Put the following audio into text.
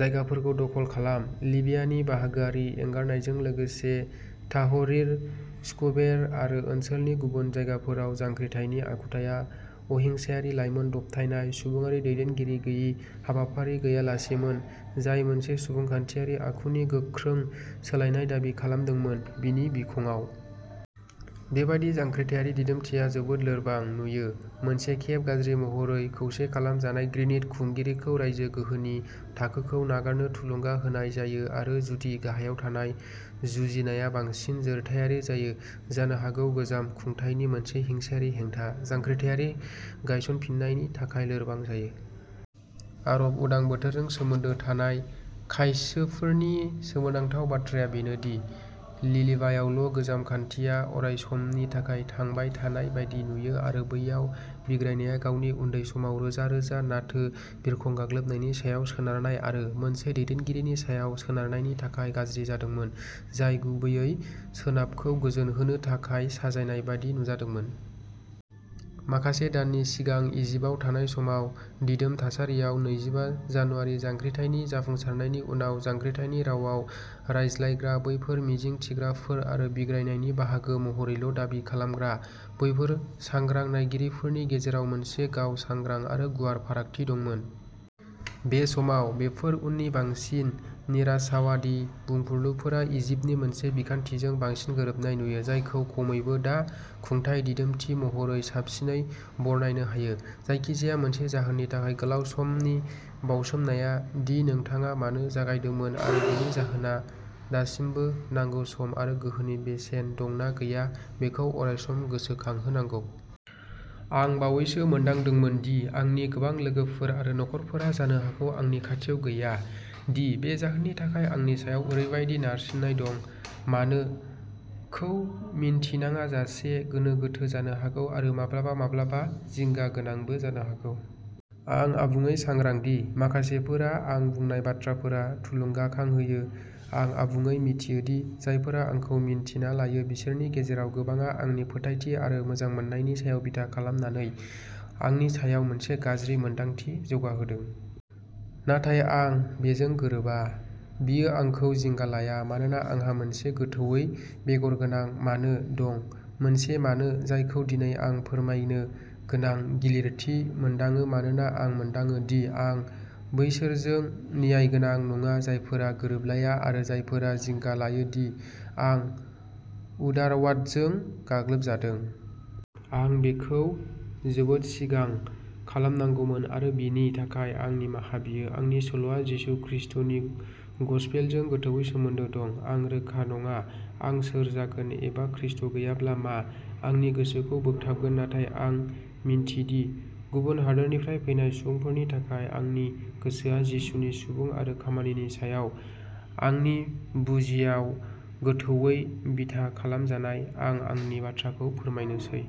जायगाफोरखौ दखल खालाम। लिबियानि बाहागोआरि एंगारनायजों लोगोसे ताहरिर स्कुवेर आरो ओनसोलनि गुबुन जायगाफोराव जांख्रिथायनि आखुथाया अहिंसायारि, लाइमोन दबथायनाय, सुबुंआरि, दैदेनगिरि गैयै, हाबाफारि गैयालासेमोन, जाय मोनसे सुबुंखान्थियारि आखुनि गोख्रों सोलायनाय दाबि खालामदोंमोन। बेनि बिखंआव बेबादि जांख्रिथायारि दिदोमथिया जोबोद लोरबां नुयो, मोनसे खेब गाज्रि महरै खौसे खालामजानाय घृणित खुंगिरिखौ रायजो गोहोनि थाखोखौ नागारनो थुलुंगा होनाय जायो आरो जुदि गाहायाव थानाय जुजिनाया बांसिन जोरथायारि जायो, जानो हागौ गोजाम खुंथायनि मोनसे हिंसायारि हेंथा जांख्रिथायारि गायसनफिन्नायनि थाखाय लोरबां जायो। आरब उदां बोथोरजों सोमोन्दो थानाय खायसोफोरनि सोमोनांथाव बाथ्राया बेनो दि लिबियायावल' गोजाम खान्थिया अरायसमनि थाखाय थांबाय थानाय बायदि नुयो आरो बैयाव बिग्रायनाया गावनि उन्दै समाव रोजा-रोजा नाटो बिरखं गाग्लोबनायनि सायाव सोनारनाय आरो मोनसे दैदेनगिरिनि सायाव सोनारनायनि थाखाय गाज्रि जादोंमोन, जाय गुबैयै सोनाबखौ गोजोनहोनो थाखाय साजायनाय बायदि नुजादोंमोन। माखासे दाननि सिगां इजिप्टआव थानाय समाव, दिदोम थासारियाव। नैजिबा जानुआरि जांख्रिथायनि जाफुंसारनायनि उनाव जांख्रिथायनि रावाव रायज्लायग्रा बैफोर मिजिंथिग्राफोर आरो बिग्रायनायनि बाहागो महरैल' दाबि खालामग्रा बैफोर सांग्रां नायगिरिफोरनि गेजेराव मोनसे गाव-सांग्रां आरो गुवार फारागथि दंमोन। बे समाव, बेफोर उननि बांसिन निराशावादी बुंफुरलुफोरा इजिप्टनि मोनसे बिखान्थिजों बांसिन गोरोबनाय नुयो, जायखौ खमैबो दा खुंथाय दिदोमथि महरै साबसिनै बरनायनो हायो। जायखिजाया मोनसे जाहोननि थाखाय गोलाव समनि बाउसोमनाया दि नोंथाङा मानो जागायदोंमोन आरो बेनि जाहोनआ दासिमबो नांगौ सम आरो गोहोनि बेसेन दं ना गैया बेखौ अरायसम गोसोखांहोनांगौ। आं बावैसो मोनदांदोंमोन दि आंनि गोबां लोगोफोर आरो नखरफोरा जानो हागौ आंनि खाथियाव गैया दि बे जाहोननि थाखाय आंनि सायाव ओरैबादि नारसिननाय दं। मानो खौ मिन्थिङाजासे गोनो गोथो जानो हागौ आरो माब्लाबा माब्लाबा जिंगा गोनांबो जानो हागौ। आं आबुङै सांग्रां दि माखासेफोरा आं बुंनाय बाथ्राफोरा थुलुंगाखां होयो। आं आबुङै मिथियो दि जायफोरा आंखौ मिन्थिना लायो बिसोरनि गेजेराव गोबांआ आंनि फोथायथि आरो मोजांमोननायनि सायाव बिथा खालामनानै आंनि सायाव मोनसे गाज्रि मोनदांथि जौगाहोदों। नाथाय आं बेजों गोरोबा। बेयो आंखौ जिंगा लाया मानोना आंहा मोनसे गोथौवै बेगर गोनां मानो दं मोनसे मानो जायखौ दिनै आं फोरमायनो गोनां गिलिरथि मोनदाङो मानोना आं मोनदाङो दि आं बैसोरजों न्यायगोनां नङा जायफोरा गोरोबलाया आरो जायफोरा जिंगा लायो दि आं उदारवादजों गाग्लोबजादों। आं बेखौ जोबोद सिगां खालामनांगौमोन आरो बेनि थाखाय, आं निमाहा बियो। आंनि सल'आ जिसु खृस्टनि गसपेलजों गोथौवै सोमोन्दो दं। आं रोखा नङा आं सोर जागोन एबा खृष्ट गैयाब्ला मा आंनि गोसोखौ बोगथाबगोन नाथाय आं मिन्थिदि गुबुन हादोरनिफ्राय फैनाय सुबुंफोरनि थाखाय आंनि गोसोआ जिसुनि सुबुं आरो खामानिनि सायाव आंनि बुजियाव गोथौवै बिथा खालामजानाय। आं आंनि बाथ्राखौ फोरमायनोसै।